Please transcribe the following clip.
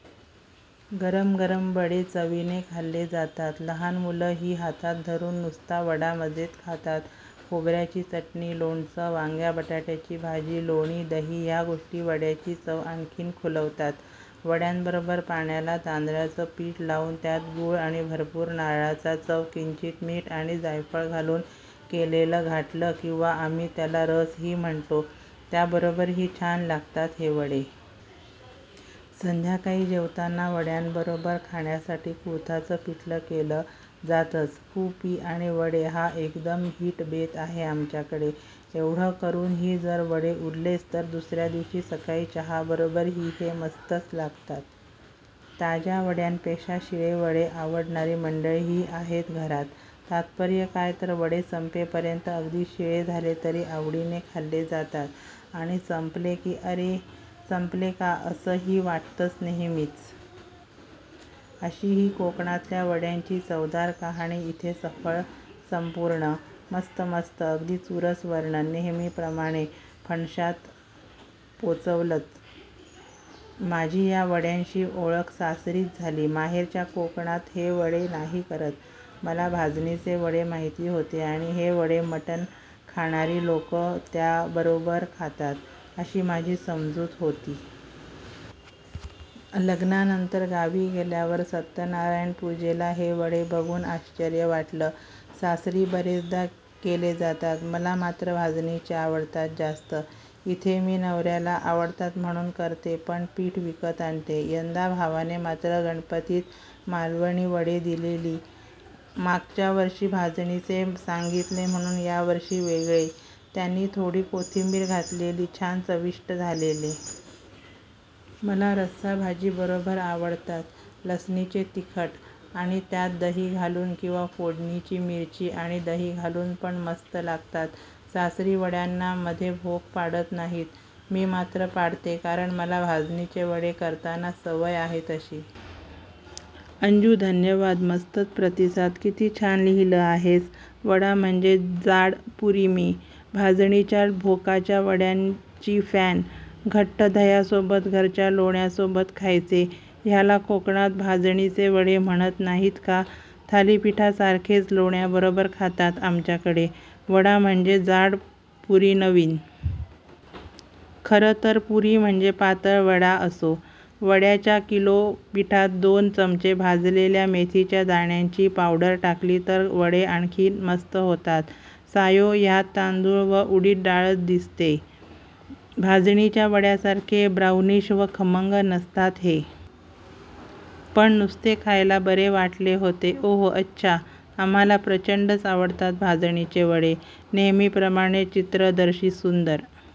गरम गरम वडे चवीने खाल्ले जातात. लहान मुलं ही हातात धरून नुसता वडा मजेत खातात. खोबऱ्याची चटणी, लोणचं, वांग्या बटाट्याची भाजी, लोणी, दही ह्या गोष्टी वड्याची चव आणखी खुलवतात. वड्यांबरोबर पाण्याला तांदळाचं पीठ लावून त्यात गूळ आणि भरपूर नारळाचा चव, किंचित मीठ आणि जायफळ घालून केलेलं घाटलं किंवा आम्ही त्याला " रस " ही म्हणतो त्या बरोबर ही छान लागतात हे वडे. संध्याकाळी जेवताना वड्यांबरोबर खाण्यासाठी कुळथाच पिठलं केलं जातच. कु पी आणि वडे हा एकदम हिट बेत आहे आमच्याकडे. एवढं करून ही जर वडे उरलेच तर दुसऱ्या दिवशी सकाळी चहा बरोबर ही हे मस्तच लागतात. ताज्या वड्यांपेक्षा शिळे वडे आवडणारी मंडळी ही आहेत घरात. तात्पर्य काय तर वडे संपेपर्यंत अगदी शिळे झाले तरी आवडीने खाल्ले जातात. आणि संपले की " अरे रे! संपले का "? अस ही वाटतंच नेहमीच. अशी ही कोकणातल्या वड्यांची चवदार कहाणी इथे सफळ संपूर्ण. मस्त मस्त अगदी सुरस वर्णन नेहेमीप्रमाणे. फणशात पोचवलंत. माझी ह्या वड्यांशी ओळख सासरीच झाली, माहेरच्या कोकणात हे वडे नाही करत. मला भाजणीचे वडे माहिती होते आणि हे वडे मटण खाणारी लोकं त्याबरोबर खातात अशी माझी समजूत होती. लग्नानंतर गावी गेल्यावर सत्यनारायण पूजेला हे वडे बघून आश्चर्य वाटलं. सासरी बरेचदा केले जातात. मला मात्र भाजणीचे आवडतात जास्त. इथे मी नवऱ्याला आवडतात म्हणून करते पण पीठ विकत आणते. यंदा भावाने मात्र गणपतीत मालवणी वडे दिलेली, मागच्यावर्षी भाजणीचे सांगितले म्हणून यावर्षी वेगळे, त्यांनी थोडी कोथिंबीर घातलेली, छान चविष्ट झालेले. मला रस्सा भाजी बरोबर आवडतात, लसणीचे तिखट आणि त्यात दही घालून किंवा फोडणीची मिरची आणि दही घालून पण मस्त लागतात. सासरी वड्यांना मध्ये भोक पाडत नाहीत, मी मात्र पाडते कारण मला भाजणीचे वडे करताना सवय आहे तशी. अंजू, धन्यवाद! मस्तच प्रतिसाद, किती छान लिहिलं आहेस. वडा म्हणजे जाड पुरीमी भाजणीच्या भोकाच्या वड्यांची फॅन. घट्ट दह्यासोबत, घरच्या लोण्यासोबत खायचे. ह्याला कोकणात भाजणीचे वडे म्हणत नाहीत का? थालिपीठासारखेच लोण्याबरोबर खातात आमच्याकडे. वडा म्हणजे जाड पुरीनवीन, -. खरं तर पुरी म्हणजे पातळ वडा. असो, वड्याच्या किलो पिठात दोन चमचे भाजलेल्या मेथीच्या दाण्यांची पावडर टाकली तर वडे आणखी मस्त होतात. सायो, ह्यात तांदूळ व उडीद डाळच दिसतेय. भाजणीच्या वड्यासारखे ब्राऊनिश व खमंग नसतात हे. पण नुसते खायला बरे वाटले होते. ओह अच्छा. आम्हांला प्रचंडच आवडतात भाजणीचे वडे. नेहमीप्रमाणे चित्रदर्शी सुंदर